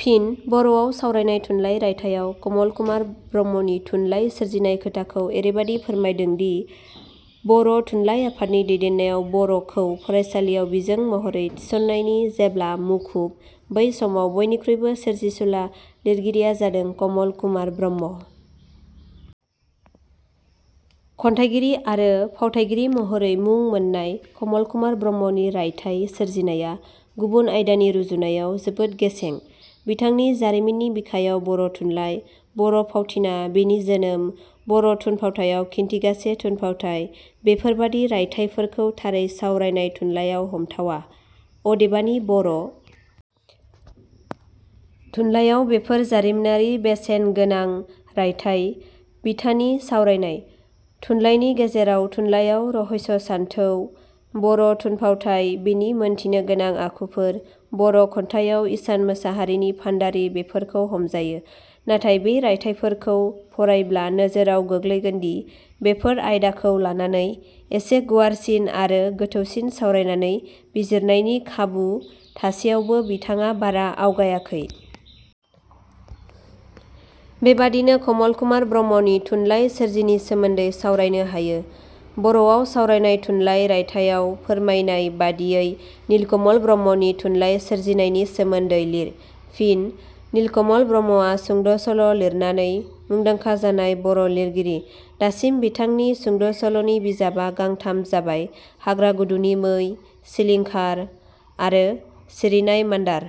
फिन: 'बर'वाव सावरायनाय थुनलाइ' रायथाइयाव कमल कुमार ब्रह्मनि थुनलाइ सोरजिनाय खोथाखौ एरैबादि फोरमायदोंदि- बर' थुनलाइ आफादनि दैदेननायाव बर 'खौ फरायसालियाव बिजों महरै थिसननायनि जेव्ला मुखुब, बै समाव बयनिखुइबो सोरजिसुला लिरगिरिया जादों कमल कुमार ब्रह्म। खन्याइगिरि आरो फावथाइगिरि महरै मुं मोननाय कमल कुमार ब्रह्मनि रायथाइ सोरजिनाया, गुबुन आयदानि रुजुनायाव जोबोद गेसें। बिथांनि 'जारिमिननि बिखायाव बर' थुनलाइ', 'बर' फावथिनाः बेनि जोनोम', 'बर' थुनफावथाइयाव खिनथिगासे थुनफावथाइ'- बेफोरबादि रायथाइफोरखौ थारै सावरायनाय थुनलाइयाव हमथावा, अदेबानि बर'। थुनलाइयाव बेफोर जारिमिनारि बेसेन गोनां रायथाइ। बिथानि सावरायनाय। थुनलाइनि गेजेराव ' थुनलाइयाव रहस्य सानथौ', बर' थुनफावथाय: बेनि मोनथिनो गोनां आखुफोर' 'बर' खन्थाइयाव इसान मोसाहारिनि भाण्डारि बेफोरखौ हमजायो। नाथाय बे रायथाइफोरखौ फरायब्ला नोजोराव गोग्लैगोनदि बेफोर आयदाखौ लानानै एसे गुवारसिन आरो गोथौसिन सावरायनानै बिजिरनायनि खाबु थासेयावबो बिथाडा बारा आवगायाखै। बेबादिनो कमल कुमार ब्रह्मनि थुनलाइ सोरजिनि सोमोन्दै सावरायनो हायो। 'बर 'वाव सावरायनाय थुनलाइ रायथाइयाव फोरमायनाय बादियै नीलकमल ब्रह्मनि थुनलाइ सोरजिनायनि सोमोन्दै लिर। फिनः नीलकमल ब्रह्मआ सुंद' सल' लिरनानै मुंदांखा जानाय बर' लिरगिरि। दासिम बिथांनि सुंद'सल'नि बिजाबा गांथाम जाबाय- 'हाग्रा गुदुनि मै', 'सिलिंखार' आरो 'सिरिनाय मान्दार'।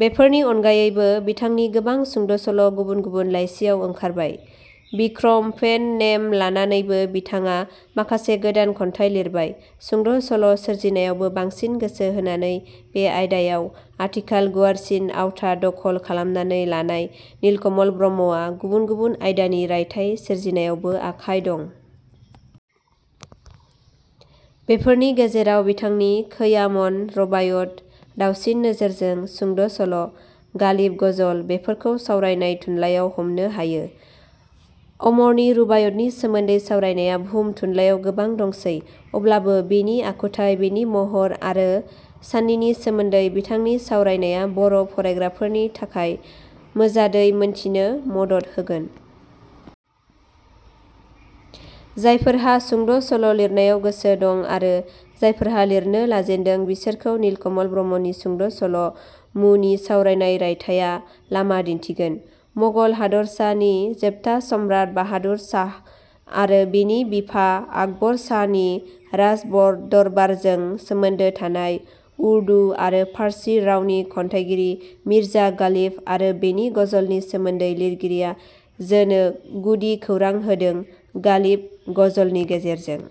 बेफोरनि अनगायैबो बिथांनि गोबां सुंद' सल' गुबुन गुबुन लाइसियाव ओंखारबाय। बिक्रम पेन-नेम लानानैबो – बिथाङा माखासे गोदान खन्थाइ लिरबाय। सुंद' सल' सोरजिनायावनो बांसिन गोसो होनानै बे आयदायाव आथिखाल गुवारसिन आवथा दखल खालामनानै लानाय नीलकमल ब्रह्मआ गुबुन गुबुन आयदानि रायथाइ सोरजिनायावबो आखाइ दं। बेफोरनि गेजेराव बिथांनि खैयामन रुबायत: दावसिन नोजोरजों, सुंद' सल', गालिब गजल बेफोरखौ सावरायनाय थुनलाइयाव हमनो हायो। अमरनि रुबाइतनि सोमोन्दै सावरायनाया भुम थुनलाइयाव गोबां दंसै। अब्लाबो बेनि आखुथाइ, बेनि महर आरो साननिनि सोमोन्दै बिथांनि सावरायनाया बर' फरायग्राफोरनि थाखाय मोजाडै मोनथिनो मदद होगोन। जायफोरहा सुंद 'सल' लिरनायाव गोसो दं आरो जायफोरा लिरनो लाजेन्दों, बिसोरखौ नीलकमल ब्रह्मनि 'सुंद' सल' मुनि सावरायनाय रायथाइया लामा दिन्थिगोन। मगल हादरमा नि जोबथा सम्राट बाहादुर शाह आरो बेनि बिफा आकबर शाहनि राजदरबारजों सोमोन्दो थानाय, उर्दु आरो पार्ची रावनि खन्याइगिरि मीर्जा गालिब आरो बेनि गजलनि सोमोन्दै लिरगिरिया जोनो गुदि खौरां होदों 'गालिब: गजल' नि गेजेरजों।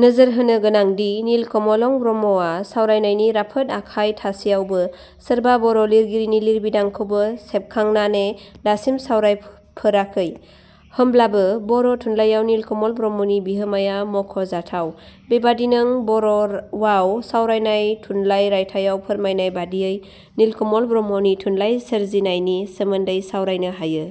नोजोर होनो गोनांदि नीलकमलं ब्रह्मआ सावरायनायनि राफोद आखाइ थासेयावबो सोरबा बर' लिरगिरिनि लिरबिदांखौ सेबखांनाने दासिम सावरायफोराखै। होमब्लाबो बर' थुनलाइयाव नीलकमल ब्रह्मनि- बिहोमाया मख 'जाथाव। बेबादिनों 'बर'वाव सावरायनाय थुनलाइ ' रायथाइयाव फोरमायनाय बादियै नीलकमल ब्रह्मनि थुनलाय सोरजिनायनि सोमोन्दै सावरायनो हायो।